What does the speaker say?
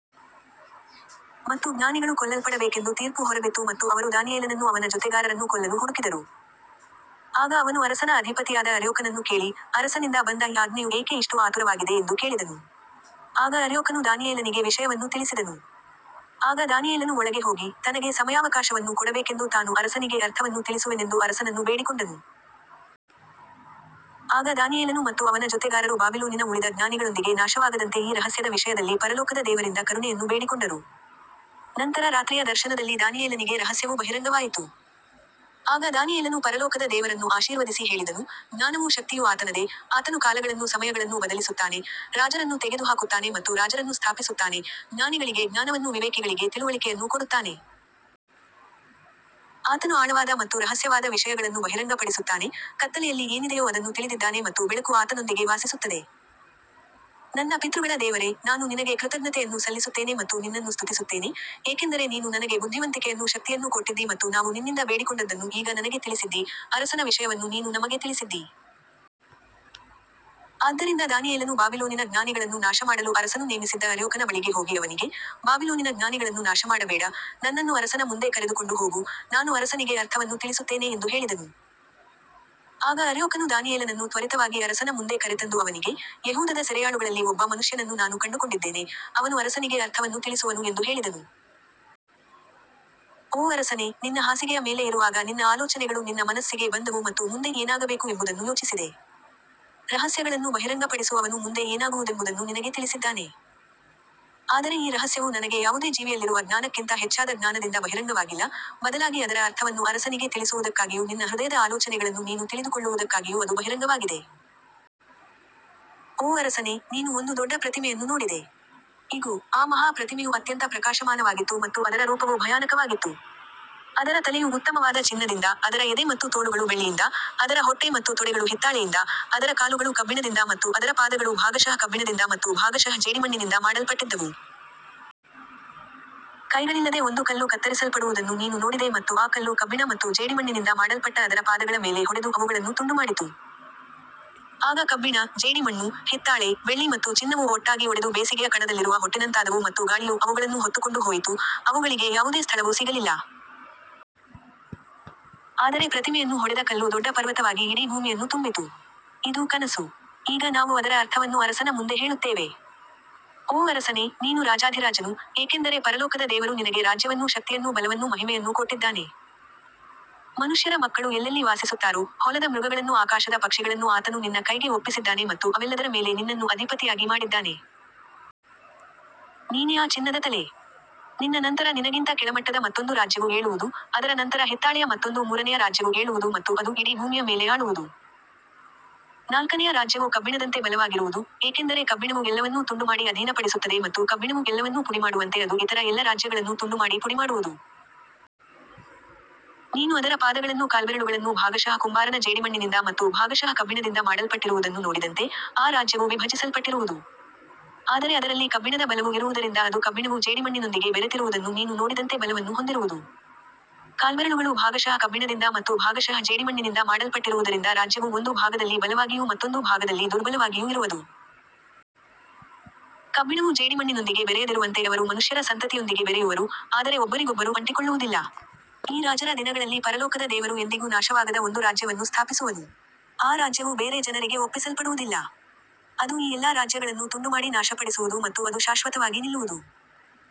ಮತ್ತು ಜ್ಞಾನಿಗಳು ಕೊಲ್ಲಲ್ಪಡಬೇಕೆಂದು ತೀರ್ಪು ಹೊರಬಿತ್ತು ಮತ್ತು ಅವರು ದಾನಿಯೇಲನನ್ನೂ ಅವನ ಜೊತೆಗಾರರನ್ನೂ ಕೊಲ್ಲಲು ಹುಡುಕಿದರು. ಆಗ ಅವನು ಅರಸನ ಅಧಿಪತಿಯಾದ ಅರ್ಯೋಕನನ್ನು ಕೇಳಿ, ಅರಸನಿಂದ ಬಂದ ಈ ಆಜ್ಞೆಯು ಏಕೆ ಇಷ್ಟು ಆತುರವಾಗಿದೆ ಎಂದು ಕೇಳಿದನು. ಆಗ ಅರ್ಯೋಕನು ದಾನಿಯೇಲನಿಗೆ ವಿಷಯವನ್ನು ತಿಳಿಸಿದನು. ಆಗ ದಾನಿಯೇಲನು ಒಳಗೆ ಹೋಗಿ, ತನಗೆ ಸಮಯಾವಕಾಶವನ್ನು ಕೊಡಬೇಕೆಂದೂ ತಾನು ಅರಸನಿಗೆ ಅರ್ಥವನ್ನು ತಿಳಿಸುವೆನೆಂದೂ ಅರಸನನ್ನು ಬೇಡಿಕೊಂಡನು. ಆಗ ದಾನಿಯೇಲನು ಮತ್ತು ಅವನ ಜೊತೆಗಾರರು ಬಾಬಿಲೋನಿನ ಉಳಿದ ಜ್ಞಾನಿಗಳೊಂದಿಗೆ ನಾಶವಾಗದಂತೆ ಈ ರಹಸ್ಯದ ವಿಷಯದಲ್ಲಿ ಪರಲೋಕದ ದೇವರಿಂದ ಕರುಣೆಯನ್ನು ಬೇಡಿಕೊಂಡರು. ನಂತರ ರಾತ್ರಿಯ ದರ್ಶನದಲ್ಲಿ ದಾನಿಯೇಲನಿಗೆ ರಹಸ್ಯವು ಬಹಿರಂಗವಾಯಿತು. ಆಗ ದಾನಿಯೇಲನು ಪರಲೋಕದ ದೇವರನ್ನು ಆಶೀರ್ವದಿಸಿ ಹೇಳಿದನು, ಜ್ಞಾನವೂ ಶಕ್ತಿಯೂ ಆತನದೇ, ಆತನು ಕಾಲಗಳನ್ನೂ ಸಮಯಗಳನ್ನೂ ಬದಲಿಸುತ್ತಾನೆ, ರಾಜರನ್ನು ತೆಗೆದುಹಾಕುತ್ತಾನೆ ಮತ್ತು ರಾಜರನ್ನು ಸ್ಥಾಪಿಸುತ್ತಾನೆ, ಜ್ಞಾನಿಗಳಿಗೆ ಜ್ಞಾನವನ್ನೂ ವಿವೇಕಿಗಳಿಗೆ ತಿಳುವಳಿಕೆಯನ್ನೂ ಕೊಡುತ್ತಾನೆ. ಆತನು ಆಳವಾದ ಮತ್ತು ರಹಸ್ಯವಾದ ವಿಷಯಗಳನ್ನು ಬಹಿರಂಗಪಡಿಸುತ್ತಾನೆ, ಕತ್ತಲೆಯಲ್ಲಿ ಏನಿದೆಯೋ ಅದನ್ನು ತಿಳಿದಿದ್ದಾನೆ ಮತ್ತು ಬೆಳಕು ಆತನೊಂದಿಗೆ ವಾಸಿಸುತ್ತದೆ. ನನ್ನ ಪಿತೃಗಳ ದೇವರೇ, ನಾನು ನಿನಗೆ ಕೃತಜ್ಞತೆಯನ್ನು ಸಲ್ಲಿಸುತ್ತೇನೆ ಮತ್ತು ನಿನ್ನನ್ನು ಸ್ತುತಿಸುತ್ತೇನೆ, ಏಕೆಂದರೆ ನೀನು ನನಗೆ ಬುದ್ಧಿವಂತಿಕೆಯನ್ನೂ ಶಕ್ತಿಯನ್ನೂ ಕೊಟ್ಟಿದ್ದೀ ಮತ್ತು ನಾವು ನಿನ್ನಿಂದ ಬೇಡಿಕೊಂಡದ್ದನ್ನು ಈಗ ನನಗೆ ತಿಳಿಸಿದ್ದೀ, ಅರಸನ ವಿಷಯವನ್ನು ನೀನು ನಮಗೆ ತಿಳಿಸಿದ್ದೀ. ಆದ್ದರಿಂದ ದಾನಿಯೇಲನು ಬಾಬಿಲೋನಿನ ಜ್ಞಾನಿಗಳನ್ನು ನಾಶಮಾಡಲು ಅರಸನು ನೇಮಿಸಿದ್ದ ಅರ್ಯೋಕನ ಬಳಿಗೆ ಹೋಗಿ ಅವನಿಗೆ, ಬಾಬಿಲೋನಿನ ಜ್ಞಾನಿಗಳನ್ನು ನಾಶಮಾಡಬೇಡ, ನನ್ನನ್ನು ಅರಸನ ಮುಂದೆ ಕರೆದುಕೊಂಡು ಹೋಗು, ನಾನು ಅರಸನಿಗೆ ಅರ್ಥವನ್ನು ತಿಳಿಸುತ್ತೇನೆ ಎಂದು ಹೇಳಿದನು. ಆಗ ಅರ್ಯೋಕನು ದಾನಿಯೇಲನನ್ನು ತ್ವರಿತವಾಗಿ ಅರಸನ ಮುಂದೆ ಕರೆತಂದು ಅವನಿಗೆ, ಯೆಹೂದದ ಸೆರೆಯಾಳುಗಳಲ್ಲಿ ಒಬ್ಬ ಮನುಷ್ಯನನ್ನು ನಾನು ಕಂಡುಕೊಂಡಿದ್ದೇನೆ, ಅವನು ಅರಸನಿಗೆ ಅರ್ಥವನ್ನು ತಿಳಿಸುವನು ಎಂದು ಹೇಳಿದನು. ಓ ಅರಸನೇ, ನಿನ್ನ ಹಾಸಿಗೆಯ ಮೇಲೆ ಇರುವಾಗ ನಿನ್ನ ಆಲೋಚನೆಗಳು ನಿನ್ನ ಮನಸ್ಸಿಗೆ ಬಂದವು ಮತ್ತು ಮುಂದೆ ಏನಾಗಬೇಕು ಎಂಬುದನ್ನು ಯೋಚಿಸಿದೆ. ರಹಸ್ಯಗಳನ್ನು ಬಹಿರಂಗಪಡಿಸುವವನು ಮುಂದೆ ಏನಾಗುವುದೆಂಬುದನ್ನು ನಿನಗೆ ತಿಳಿಸಿದ್ದಾನೆ. ಆದರೆ ಈ ರಹಸ್ಯವು ನನಗೆ ಯಾವುದೇ ಜೀವಿಯಲ್ಲಿರುವ ಜ್ಞಾನಕ್ಕಿಂತ ಹೆಚ್ಚಾದ ಜ್ಞಾನದಿಂದ ಬಹಿರಂಗವಾಗಿಲ್ಲ, ಬದಲಾಗಿ ಅದರ ಅರ್ಥವನ್ನು ಅರಸನಿಗೆ ತಿಳಿಸುವುದಕ್ಕಾಗಿಯೂ ನಿನ್ನ ಹೃದಯದ ಆಲೋಚನೆಗಳನ್ನು ನೀನು ತಿಳಿದುಕೊಳ್ಳುವುದಕ್ಕಾಗಿಯೂ ಅದು ಬಹಿರಂಗವಾಗಿದೆ. ಓ ಅರಸನೇ, ನೀನು ಒಂದು ದೊಡ್ಡ ಪ್ರತಿಮೆಯನ್ನು ನೋಡಿದೆ. ಇಗೋ, ಆ ಮಹಾ ಪ್ರತಿಮೆಯು ಅತ್ಯಂತ ಪ್ರಕಾಶಮಾನವಾಗಿತ್ತು ಮತ್ತು ಅದರ ರೂಪವು ಭಯಾನಕವಾಗಿತ್ತು. ಅದರ ತಲೆಯು ಉತ್ತಮವಾದ ಚಿನ್ನದಿಂದ, ಅದರ ಎದೆ ಮತ್ತು ತೋಳುಗಳು ಬೆಳ್ಳಿಯಿಂದ, ಅದರ ಹೊಟ್ಟೆ ಮತ್ತು ತೊಡೆಗಳು ಹಿತ್ತಾಳೆಯಿಂದ, ಅದರ ಕಾಲುಗಳು ಕಬ್ಬಿಣದಿಂದ ಮತ್ತು ಅದರ ಪಾದಗಳು ಭಾಗಶಃ ಕಬ್ಬಿಣದಿಂದ ಮತ್ತು ಭಾಗಶಃ ಜೇಡಿಮಣ್ಣಿನಿಂದ ಮಾಡಲ್ಪಟ್ಟಿದ್ದವು. ಕೈಗಳಿಲ್ಲದೆ ಒಂದು ಕಲ್ಲು ಕತ್ತರಿಸಲ್ಪಡುವುದನ್ನು ನೀನು ನೋಡಿದೆ ಮತ್ತು ಆ ಕಲ್ಲು ಕಬ್ಬಿಣ ಮತ್ತು ಜೇಡಿಮಣ್ಣಿನಿಂದ ಮಾಡಲ್ಪಟ್ಟ ಅದರ ಪಾದಗಳ ಮೇಲೆ ಹೊಡೆದು ಅವುಗಳನ್ನು ತುಂಡುಮಾಡಿತು. ಆಗ ಕಬ್ಬಿಣ, ಜೇಡಿಮಣ್ಣು, ಹಿತ್ತಾಳೆ, ಬೆಳ್ಳಿ ಮತ್ತು ಚಿನ್ನವು ಒಟ್ಟಾಗಿ ಒಡೆದು ಬೇಸಿಗೆಯ ಕಣದಲ್ಲಿರುವ ಹೊಟ್ಟಿನಂತಾದವು ಮತ್ತು ಗಾಳಿಯು ಅವುಗಳನ್ನು ಹೊತ್ತುಕೊಂಡು ಹೋಯಿತು, ಅವುಗಳಿಗೆ ಯಾವುದೇ ಸ್ಥಳವು ಸಿಗಲಿಲ್ಲ. ಆದರೆ ಪ್ರತಿಮೆಯನ್ನು ಹೊಡೆದ ಕಲ್ಲು ದೊಡ್ಡ ಪರ್ವತವಾಗಿ ಇಡೀ ಭೂಮಿಯನ್ನು ತುಂಬಿತು. ಇದು ಕನಸು. ಈಗ ನಾವು ಅದರ ಅರ್ಥವನ್ನು ಅರಸನ ಮುಂದೆ ಹೇಳುತ್ತೇವೆ. ಓ ಅರಸನೇ, ನೀನು ರಾಜಾಧಿರಾಜನು, ಏಕೆಂದರೆ ಪರಲೋಕದ ದೇವರು ನಿನಗೆ ರಾಜ್ಯವನ್ನೂ ಶಕ್ತಿಯನ್ನೂ ಬಲವನ್ನೂ ಮಹಿಮೆಯನ್ನೂ ಕೊಟ್ಟಿದ್ದಾನೆ. ಮನುಷ್ಯರ ಮಕ್ಕಳು ಎಲ್ಲೆಲ್ಲಿ ವಾಸಿಸುತ್ತಾರೋ, ಹೊಲದ ಮೃಗಗಳನ್ನೂ ಆಕಾಶದ ಪಕ್ಷಿಗಳನ್ನೂ ಆತನು ನಿನ್ನ ಕೈಗೆ ಒಪ್ಪಿಸಿದ್ದಾನೆ ಮತ್ತು ಅವೆಲ್ಲದರ ಮೇಲೆ ನಿನ್ನನ್ನು ಅಧಿಪತಿಯಾಗಿ ಮಾಡಿದ್ದಾನೆ. ನೀನೇ ಆ ಚಿನ್ನದ ತಲೆ. ನಿನ್ನ ನಂತರ ನಿನಗಿಂತ ಕೆಳಮಟ್ಟದ ಮತ್ತೊಂದು ರಾಜ್ಯವು ಏಳುವುದು, ಅದರ ನಂತರ ಹಿತ್ತಾಳೆಯ ಮತ್ತೊಂದು ಮೂರನೆಯ ರಾಜ್ಯವು ಏಳುವುದು ಮತ್ತು ಅದು ಇಡೀ ಭೂಮಿಯ ಮೇಲೆ ಆಳುವುದು. ನಾಲ್ಕನೆಯ ರಾಜ್ಯವು ಕಬ್ಬಿಣದಂತೆ ಬಲವಾಗಿರುವುದು, ಏಕೆಂದರೆ ಕಬ್ಬಿಣವು ಎಲ್ಲವನ್ನೂ ತುಂಡುಮಾಡಿ ಅಧೀನಪಡಿಸುತ್ತದೆ ಮತ್ತು ಕಬ್ಬಿಣವು ಎಲ್ಲವನ್ನೂ ಪುಡಿಮಾಡುವಂತೆ ಅದು ಇತರ ಎಲ್ಲ ರಾಜ್ಯಗಳನ್ನು ತುಂಡುಮಾಡಿ ಪುಡಿಮಾಡುವುದು. ನೀನು ಅದರ ಪಾದಗಳನ್ನೂ ಕಾಲ್ಬೆರಳುಗಳನ್ನೂ ಭಾಗಶಃ ಕುಂಬಾರನ ಜೇಡಿಮಣ್ಣಿನಿಂದ ಮತ್ತು ಭಾಗಶಃ ಕಬ್ಬಿಣದಿಂದ ಮಾಡಲ್ಪಟ್ಟಿರುವುದನ್ನು ನೋಡಿದಂತೆ, ಆ ರಾಜ್ಯವು ವಿಭಜಿಸಲ್ಪಟ್ಟಿರುವುದು. ಆದರೆ ಅದರಲ್ಲಿ ಕಬ್ಬಿಣದ ಬಲವು ಇರುವುದರಿಂದ ಅದು ಕಬ್ಬಿಣವು ಜೇಡಿಮಣ್ಣಿನೊಂದಿಗೆ ಬೆರೆತಿರುವುದನ್ನು ನೀನು ನೋಡಿದಂತೆ ಬಲವನ್ನು ಹೊಂದಿರುವುದು. ಕಾಲ್ಬೆರಳುಗಳು ಭಾಗಶಃ ಕಬ್ಬಿಣದಿಂದ ಮತ್ತು ಭಾಗಶಃ ಜೇಡಿಮಣ್ಣಿನಿಂದ ಮಾಡಲ್ಪಟ್ಟಿರುವುದರಿಂದ ರಾಜ್ಯವು ಒಂದು ಭಾಗದಲ್ಲಿ ಬಲವಾಗಿಯೂ ಮತ್ತೊಂದು ಭಾಗದಲ್ಲಿ ದುರ್ಬಲವಾಗಿಯೂ ಇರುವದು. ಕಬ್ಬಿಣವು ಜೇಡಿಮಣ್ಣಿನೊಂದಿಗೆ ಬೆರೆಯದಿರುವಂತೆ ಅವರು ಮನುಷ್ಯರ ಸಂತತಿಯೊಂದಿಗೆ ಬೆರೆಯುವರು, ಆದರೆ ಒಬ್ಬರಿಗೊಬ್ಬರು ಅಂಟಿಕೊಳ್ಳುವುದಿಲ್ಲ. ಈ ರಾಜರ ದಿನಗಳಲ್ಲಿ ಪರಲೋಕದ ದೇವರು ಎಂದಿಗೂ ನಾಶವಾಗದ ಒಂದು ರಾಜ್ಯವನ್ನು ಸ್ಥಾಪಿಸುವನು. ಆ ರಾಜ್ಯವು ಬೇರೆ ಜನರಿಗೆ ಒಪ್ಪಿಸಲ್ಪಡುವುದಿಲ್ಲ. ಅದು ಈ ಎಲ್ಲಾ ರಾಜ್ಯಗಳನ್ನು ತುಂಡುಮಾಡಿ ನಾಶಪಡಿಸುವುದು ಮತ್ತು ಅದು ಶಾಶ್ವತವಾಗಿ ನಿಲ್ಲುವುದು.